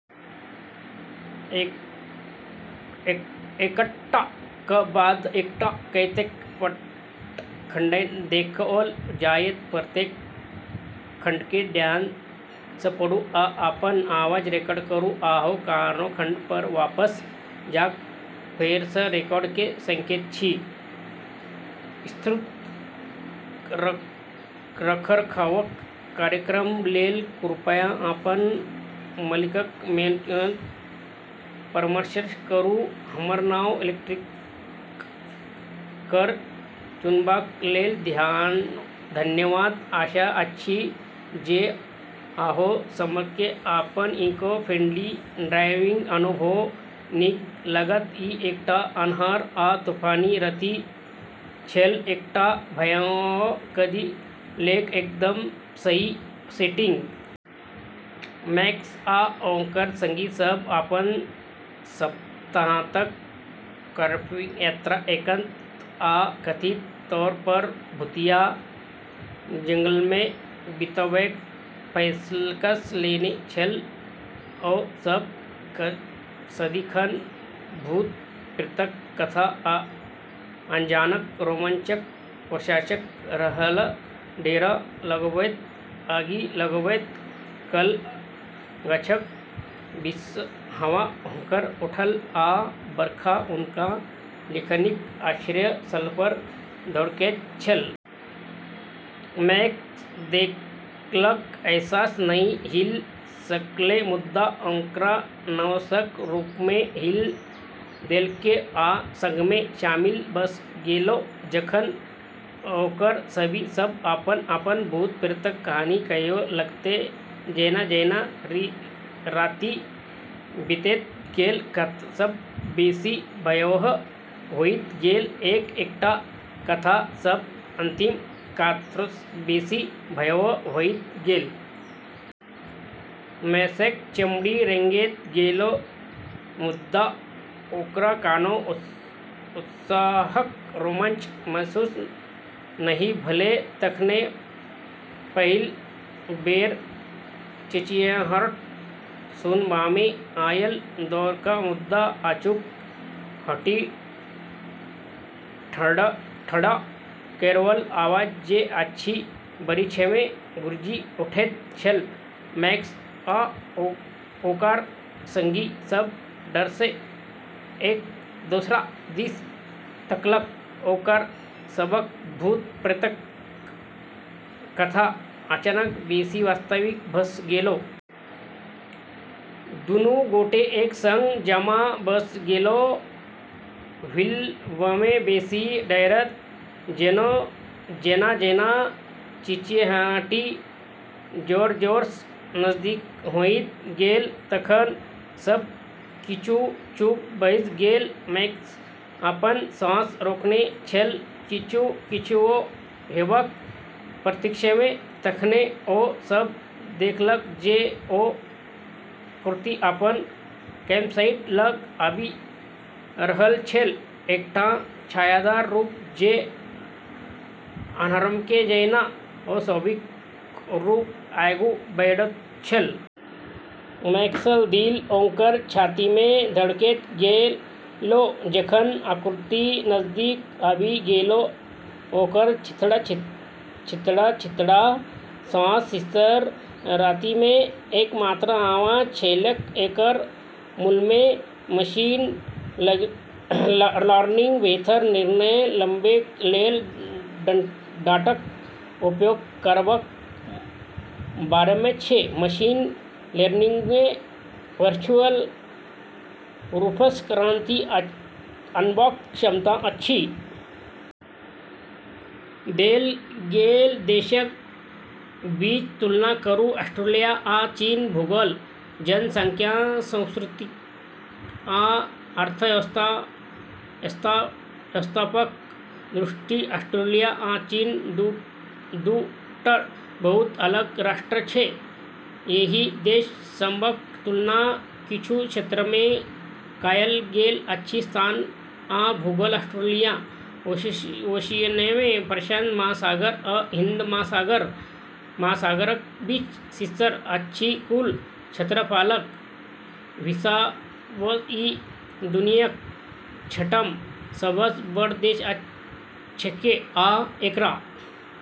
विस्तृत रखरखावक कार्यक्रम लेल कृपया अपन मालिकक मैनुअलसँ परामर्श करू। हमर नव इलेक्ट्रिक कार चुनबाक लेल धन्यवाद। आशा अछि जे अहाँ सभकेँ अपन इको-फ्रेंडली ड्राइविंग अनुभव नीक लागत। ई एकटा अन्हार आ तूफानी राति छल, एकटा भयावह कथा लेल एकदम सही सेटिंग। मैक्स आ ओकर संगी सभ अपन सप्ताहांतक कैम्पिंग यात्रा एकांत आ कथित तौरपर भूतिया जंगलमे बिताबैक फैसला कऽ लेने छल। ओ सभ सदिखन भूत-प्रेतक कथा आ अनजानक रोमांचक प्रशंसक रहलाह। डेरा लगाबैत आगि लगाबैत काल गाछक बीचसँ हवा हुंकार उठल आ बरखा हुनका लोकनिक आश्रय स्थलपर धड़कैत छल। मैक्स देखलाक एहसास नहि हिला सकलै, मुदा ओकरा नर्वसक रूपमे हिला देलकै आ संगमे शामिल भऽ गेलै, जखन ओकर संगी सभ अपन-अपन भूत-प्रेतक कहानी कहै लागलै। जेना-जेना राति बीतैत गेल, कथा सभ बेसी भयावह होइत गेल, एक-एकटा कथा सभ अंतिम कथासँ बेसी भयावह होइत गेल। मैक्सक चमड़ी रेंगैत गेलै, मुदा ओकरा कोनो उत्साहक रोमांच महसूस नहि भेलै। तखने पहिल बेर चिचियाहटि सुनबामे आयल। दूरक, मुदा अचूक, हड्डी ठंढा करैवला आवाज जे गाछ-बिरिछमे गूँजि उठैत छल। मैक्स आ ओकर संगी सभ डरसँ एक दोसरा दिस तकलक, ओकर सभक भूत-प्रेतक कथा अचानक बेसी वास्तविक भऽ गेलै। दूनू गोटे एक संग जमा भऽ गेलाह, हिलबामे बेसी डरैत, जेना-जेना चिचियाहटि जोर-जोरसँ नजदीक होइत गेल। तखन, सब किछु चुप भऽ गेल। मैक्स अपन साँस रोकने छल, किछु, किछुओ, हेबाक प्रतीक्षामे। तखने ओ सभ देखलक जे ओ आकृति अपन कैम्पसाइट लग आबि रहल छल, एकटा छायादार रूप जे अन्हारमे जेना अस्वाभाविक रूपेँ आगू बढ़ैत छल। मैक्सक दिल ओकर छातीमे धड़कैत गेलै जखन आकृति नजदीक आबि गेलै, ओकर चीथड़ा-चीथड़ा साँस स्थिर रातिमे एकमात्र आवाज छलैक। एकर मूलमे मशीन लर्निंग बेहतर निर्णय लेबै लेल डाटाक उपयोग करबाक बारेमे छै। मशीन लर्निंगमे वर्चुअल रूपसँ क्रांति अनबाक क्षमता अछि। देल गेल देशक बीच तुलना करू। ऑस्ट्रेलिया आ चीन भूगोल, जनसंख्या, संस्कृति, आ अर्थव्यवस्थाक दृष्टिसँ ऑस्ट्रेलिया आ चीन दू टा बहुत अलग राष्ट्र छै। एहि देश सभक तुलना किछु क्षेत्रमे कएल गेल अछि: स्थान आ भूगोल: ऑस्ट्रेलिया ओशिनियामे प्रशांत महासागर आ हिंद महासागरक बीच स्थित अछि कुल क्षेत्रफलक हिसाबसँ ई दुनियाक छठम सबसँ बड़ देश छकै आ एकरा।